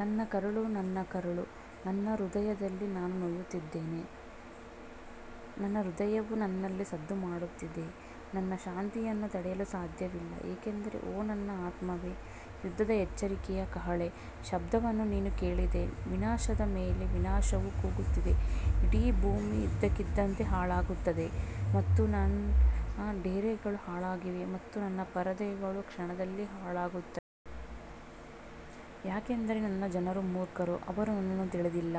ನನ್ನ ಕರುಳು, ನನ್ನ ಕರುಳು, ನನ್ನ ಹೃದಯದಲ್ಲಿ ನಾನು ನೋಯುತ್ತಿದ್ದೇನೆ. ನನ್ನ ಹೃದಯವು ನನ್ನಲ್ಲಿ ಸದ್ದುಮಾಡುತ್ತಿದೆ. ನನ್ನ ಶಾಂತಿಯನ್ನು ತಡೆಯಲು ಸಾಧ್ಯವಿಲ್ಲ. ಏಕೆಂದರೆ, ಓ ನನ್ನ ಆತ್ಮವೇ, ಯುದ್ಧದ ಎಚ್ಚರಿಕೆಯ ಕಹಳೆ ಶಬ್ದವನ್ನು ನೀನು ಕೇಳಿದೆ. ವಿನಾಶದ ಮೇಲೆ ವಿನಾಶವು ಕೂಗುತ್ತದೆ, ಇಡೀ ಭೂಮಿ ಇದ್ದಕ್ಕಿದ್ದಂತೆ ಹಾಳಾಗುತ್ತದೆ ಮತ್ತು ನನ್ನ ಡೇರೆಗಳು ಹಾಳಾಗಿವೆ ಮತ್ತು ನನ್ನ ಪರದೆಗಳು ಕ್ಷಣದಲ್ಲಿ ಹಾಳಾಗುತ್ತವೆ. ಯಾಕಂದರೆ ನನ್ನ ಜನರು ಮೂರ್ಖರು, ಅವರು ನನ್ನನ್ನು ತಿಳಿದಿಲ್ಲ.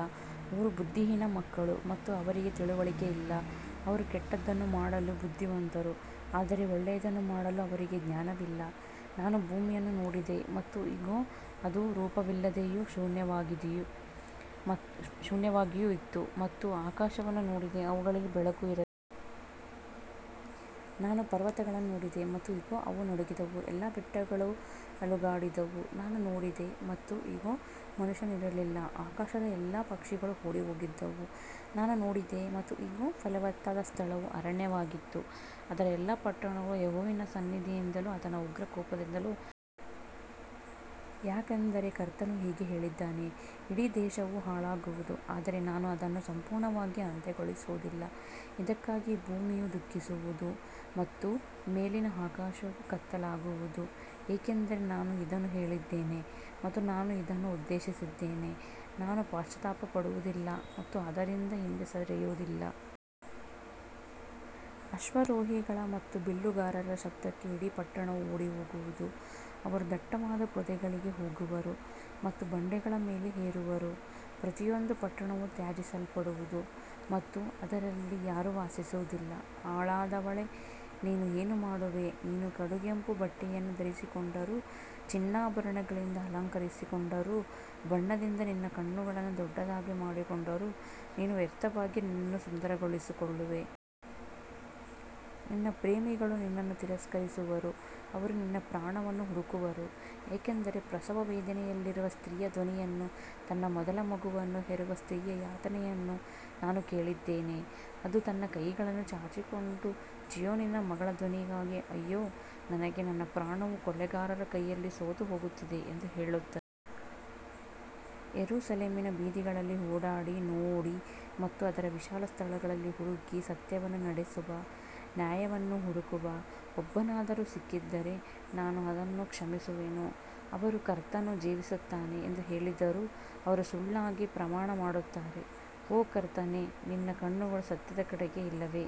ಅವರು ಬುದ್ಧಿಹೀನ ಮಕ್ಕಳು ಮತ್ತು ಅವರಿಗೆ ತಿಳುವಳಿಕೆಯಿಲ್ಲ. ಅವರು ಕೆಟ್ಟದ್ದನ್ನು ಮಾಡಲು ಬುದ್ಧಿವಂತರು, ಆದರೆ ಒಳ್ಳೆಯದನ್ನು ಮಾಡಲು ಅವರಿಗೆ ಜ್ಞಾನವಿಲ್ಲ. ನಾನು ಭೂಮಿಯನ್ನು ನೋಡಿದೆ, ಮತ್ತು ಇಗೋ, ಅದು ರೂಪವಿಲ್ಲದೆಯೂ ಶೂನ್ಯವಾಗಿಯೂ ಇತ್ತು, ಮತ್ತು ಆಕಾಶಗಳನ್ನು ನೋಡಿದೆ, ಅವುಗಳಲ್ಲಿ ಬೆಳಕು ಇರಲಿಲ್ಲ. ನಾನು ಪರ್ವತಗಳನ್ನು ನೋಡಿದೆ, ಮತ್ತು ಇಗೋ, ಅವು ನಡುಗಿದವು, ಎಲ್ಲಾ ಬೆಟ್ಟಗಳು ಅಲುಗಾಡಿದವು. ನಾನು ನೋಡಿದೆ, ಮತ್ತು ಇಗೋ, ಮನುಷ್ಯನಿರಲಿಲ್ಲ, ಆಕಾಶದ ಎಲ್ಲಾ ಪಕ್ಷಿಗಳು ಓಡಿಹೋಗಿದ್ದವು. ನಾನು ನೋಡಿದೆ, ಮತ್ತು ಇಗೋ, ಫಲವತ್ತಾದ ಸ್ಥಳವು ಅರಣ್ಯವಾಗಿತ್ತು, ಅದರ ಎಲ್ಲಾ ಪಟ್ಟಣಗಳು ಯೆಹೋವನ ಸನ್ನಿಧಿಯಿಂದಲೂ ಆತನ ಉಗ್ರ ಕೋಪದಿಂದಲೂ ನಾಶವಾಗಿದ್ದವು. ಯಾಕಂದರೆ ಕರ್ತನು ಹೀಗೆ ಹೇಳಿದ್ದಾನೆ, ಇಡೀ ದೇಶವು ಹಾಳಾಗುವುದು, ಆದರೆ ನಾನು ಅದನ್ನು ಸಂಪೂರ್ಣವಾಗಿ ಅಂತ್ಯಗೊಳಿಸುವುದಿಲ್ಲ. ಇದಕ್ಕಾಗಿ ಭೂಮಿಯು ದುಃಖಿಸುವುದು ಮತ್ತು ಮೇಲಿನ ಆಕಾಶವು ಕತ್ತಲಾಗುವುದು, ಏಕೆಂದರೆ ನಾನು ಇದನ್ನು ಹೇಳಿದ್ದೇನೆ ಮತ್ತು ನಾನು ಇದನ್ನು ಉದ್ದೇಶಿಸಿದ್ದೇನೆ, ನಾನು ಪಶ್ಚಾತ್ತಾಪಪಡುವುದಿಲ್ಲ ಮತ್ತು ಅದರಿಂದ ಹಿಂದೆ ಸರಿಯುವುದಿಲ್ಲ. ಅಶ್ವಾರೋಹಿಗಳ ಮತ್ತು ಬಿಲ್ಲುಗಾರರ ಶಬ್ದಕ್ಕೆ ಇಡೀ ಪಟ್ಟಣವು ಓಡಿಹೋಗುವುದು. ಅವರು ದಟ್ಟವಾದ ಪೊದೆಗಳಿಗೆ ಹೋಗುವರು ಮತ್ತು ಬಂಡೆಗಳ ಮೇಲೆ ಏರುವರು. ಪ್ರತಿಯೊಂದು ಪಟ್ಟಣವೂ ತ್ಯಜಿಸಲ್ಪಡುವುದು ಮತ್ತು ಅದರಲ್ಲಿ ಯಾರೂ ವಾಸಿಸುವುದಿಲ್ಲ. ಹಾಳಾದವಳೇ, ನೀನು ಏನು ಮಾಡುವೆ? ನೀನು ಕಡುಗೆಂಪು ಬಟ್ಟೆಯನ್ನು ಧರಿಸಿಕೊಂಡರೂ, ಚಿನ್ನಾಭರಣಗಳಿಂದ ಅಲಂಕರಿಸಿಕೊಂಡರೂ, ಬಣ್ಣದಿಂದ ನಿನ್ನ ಕಣ್ಣುಗಳನ್ನು ದೊಡ್ಡದಾಗಿ ಮಾಡಿಕೊಂಡರೂ, ನೀನು ವ್ಯರ್ಥವಾಗಿ ನಿನ್ನನ್ನು ಸುಂದರಗೊಳಿಸಿಕೊಳ್ಳುವೆ. ನಿನ್ನ ಪ್ರೇಮಿಗಳು ನಿನ್ನನ್ನು ತಿರಸ್ಕರಿಸುವರು, ಅವರು ನಿನ್ನ ಪ್ರಾಣವನ್ನು ಹುಡುಕುವರು. ಯಾಕಂದರೆ ಪ್ರಸವವೇದನೆಯಲ್ಲಿರುವ ಸ್ತ್ರೀಯ ಧ್ವನಿಯನ್ನೂ, ತನ್ನ ಮೊದಲ ಮಗುವನ್ನು ಹೆರುವ ಸ್ತ್ರೀಯ ಯಾತನೆಯನ್ನೂ ನಾನು ಕೇಳಿದ್ದೇನೆ. ಅದು ತನ್ನ ಕೈಗಳನ್ನು ಚಾಚಿಕೊಂಡು, ಚೀಯೋನಿನ ಮಗಳ ಧ್ವನಿಯಾಗಿ, ಅಯ್ಯೋ ನನಗೆ, ನನ್ನ ಪ್ರಾಣವು ಕೊಲೆಗಾರರ ಕೈಯಲ್ಲಿ ಸೋತುಹೋಗುತ್ತಿದೆ ಎಂದು ಹೇಳುತ್ತದೆ. ಯೆರೂಸಲೇಮಿನ ಬೀದಿಗಳಲ್ಲಿ ಓಡಾಡಿ ನೋಡಿ ಮತ್ತು ಅದರ ವಿಶಾಲ ಸ್ಥಳಗಳಲ್ಲಿ ಹುಡುಕಿ, ಸತ್ಯವನ್ನು ನಡೆಸುವ, ನ್ಯಾಯವನ್ನು ಹುಡುಕುವ ಒಬ್ಬನಾದರೂ ಸಿಕ್ಕಿದರೆ ನಾನು ಅದನ್ನು ಕ್ಷಮಿಸುವೆನು. ಅವರು ಕರ್ತನು ಜೀವಿಸುತ್ತಾನೆ ಎಂದು ಹೇಳಿದರೂ, ಅವರು ಸುಳ್ಳಾಗಿ ಪ್ರಮಾಣಮಾಡುತ್ತಾರೆ. ಓ ಕರ್ತನೇ, ನಿನ್ನ ಕಣ್ಣುಗಳು ಸತ್ಯದ ಕಡೆಗೆ ಇಲ್ಲವೇ?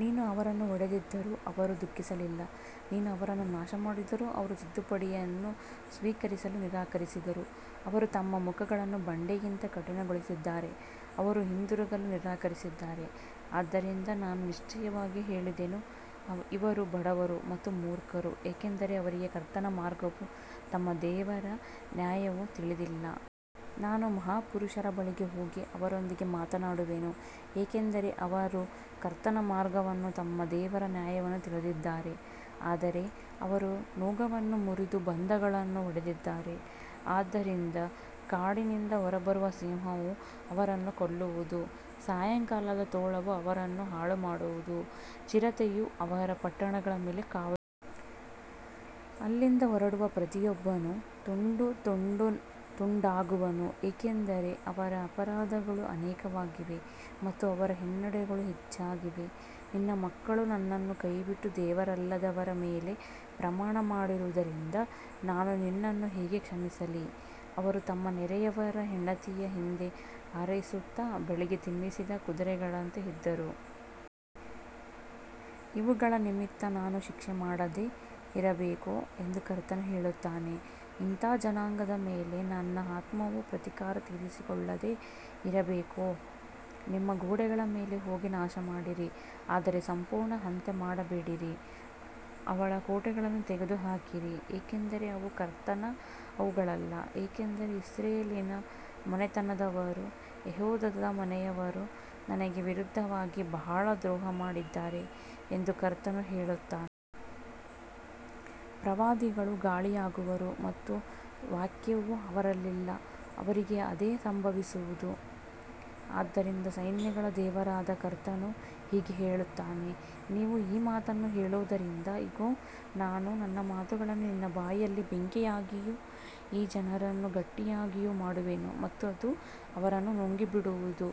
ನೀನು ಅವರನ್ನು ಹೊಡೆದಿದ್ದರೂ ಅವರು ದುಃಖಿಸಲಿಲ್ಲ. ನೀನು ಅವರನ್ನು ನಾಶಮಾಡಿದರೂ ಅವರು ತಿದ್ದುಪಡಿಯನ್ನು ಸ್ವೀಕರಿಸಲು ನಿರಾಕರಿಸಿದರು. ಅವರು ತಮ್ಮ ಮುಖಗಳನ್ನು ಬಂಡೆಗಿಂತ ಕಠಿಣಗೊಳಿಸಿದ್ದಾರೆ. ಅವರು ಹಿಂತಿರುಗಲು ನಿರಾಕರಿಸಿದ್ದಾರೆ. ಆದ್ದರಿಂದ ನಾನು ನಿಶ್ಚಯವಾಗಿ ಹೇಳಿದೆನು, ಇವರು ಬಡವರು ಮತ್ತು ಮೂರ್ಖರು, ಯಾಕಂದರೆ ಅವರಿಗೆ ಕರ್ತನ ಮಾರ್ಗವೂ ತಮ್ಮ ದೇವರ ನ್ಯಾಯವೂ ತಿಳಿದಿಲ್ಲ. ನಾನು ಮಹಾಪುರುಷರ ಬಳಿಗೆ ಹೋಗಿ ಅವರೊಂದಿಗೆ ಮಾತನಾಡುವೆನು, ಏಕೆಂದರೆ ಅವರು ಕರ್ತನ ಮಾರ್ಗವನ್ನೂ ತಮ್ಮ ದೇವರ ನ್ಯಾಯವನ್ನೂ ತಿಳಿದಿದ್ದಾರೆ. ಆದರೆ ಅವರೂ ನೊಗವನ್ನು ಮುರಿದು ಬಂಧಗಳನ್ನು ಒಡೆದಿದ್ದಾರೆ. ಆದ್ದರಿಂದ ಕಾಡಿನಿಂದ ಹೊರಬರುವ ಸಿಂಹವು ಅವರನ್ನು ಕೊಲ್ಲುವುದು, ಸಾಯಂಕಾಲದ ತೋಳವು ಅವರನ್ನು ಹಾಳುಮಾಡುವುದು, ಚಿರತೆಯು ಅವರ ಪಟ್ಟಣಗಳ ಮೇಲೆ ಕಾವಲು ಕಾಯುವುದು. ಅಲ್ಲಿಂದ ಹೊರಡುವ ಪ್ರತಿಯೊಬ್ಬನೂ ತುಂಡುತುಂಡಾಗುವನು, ಏಕೆಂದರೆ ಅವರ ಅಪರಾಧಗಳು ಅನೇಕವಾಗಿವೆ ಮತ್ತು ಅವರ ಹಿನ್ನಡೆಗಳು ಹೆಚ್ಚಾಗಿವೆ. ನಿನ್ನ ಮಕ್ಕಳು ನನ್ನನ್ನು ಕೈಬಿಟ್ಟು ದೇವರಲ್ಲದವರ ಮೇಲೆ ಪ್ರಮಾಣಮಾಡಿರುವುದರಿಂದ ನಾನು ನಿನ್ನನ್ನು ಹೇಗೆ ಕ್ಷಮಿಸಲಿ? ಅವರು ತಮ್ಮ ನೆರೆಯವನ ಹೆಂಡತಿಯ ಹಿಂದೆ ಹಾರೈಸುತ್ತಾ, ಬೆಳಿಗ್ಗೆ ತಿನ್ನಿಸಿದ ಕುದುರೆಗಳಂತೆ ಇದ್ದರು. ಇವುಗಳ ನಿಮಿತ್ತ ನಾನು ಶಿಕ್ಷೆ ಮಾಡದೆ ಇರಬೇಕೋ? ಎಂದು ಕರ್ತನು ಹೇಳುತ್ತಾನೆ. ಇಂಥ ಜನಾಂಗದ ಮೇಲೆ ನನ್ನ ಆತ್ಮವು ಪ್ರತೀಕಾರ ತೀರಿಸಿಕೊಳ್ಳದೆ ಇರಬೇಕೋ? ನಿಮ್ಮ ಗೋಡೆಗಳ ಮೇಲೆ ಹೋಗಿ ನಾಶಮಾಡಿರಿ, ಆದರೆ ಸಂಪೂರ್ಣ ಅಂತ್ಯಮಾಡಬೇಡಿರಿ. ಅವಳ ಕೋಟೆಗಳನ್ನು ತೆಗೆದುಹಾಕಿರಿ, ಏಕೆಂದರೆ ಅವು ಕರ್ತನವುಗಳಲ್ಲ. ಯಾಕಂದರೆ ಇಸ್ರಾಯೇಲಿನ ಮನೆತನದವರೂ ಯೆಹೂದದ ಮನೆಯವರೂ ನನಗೆ ವಿರುದ್ಧವಾಗಿ ಬಹಳ ದ್ರೋಹಮಾಡಿದ್ದಾರೆ ಎಂದು ಕರ್ತನು ಹೇಳುತ್ತಾನೆ. ಪ್ರವಾದಿಗಳು ಗಾಳಿಯಾಗುವರು ಮತ್ತು ವಾಕ್ಯವು ಅವರಲ್ಲಿಲ್ಲ, ಅವರಿಗೆ ಅದೇ ಸಂಭವಿಸುವುದು. ಆದ್ದರಿಂದ ಸೈನ್ಯಗಳ ದೇವರಾದ ಕರ್ತನು ಹೀಗೆ ಹೇಳುತ್ತಾನೆ, ನೀವು ಈ ಮಾತನ್ನು ಹೇಳುವುದರಿಂದ, ಇಗೋ, ನಾನು ನನ್ನ ಮಾತುಗಳನ್ನು ನಿನ್ನ ಬಾಯಲ್ಲಿ ಬೆಂಕಿಯಾಗಿಯೂ ಈ ಜನರನ್ನು ಕಟ್ಟಿಗೆಯಾಗಿಯೂ ಮಾಡುವೆನು ಮತ್ತು ಅದು ಅವರನ್ನು ನುಂಗಿಬಿಡುವುದು.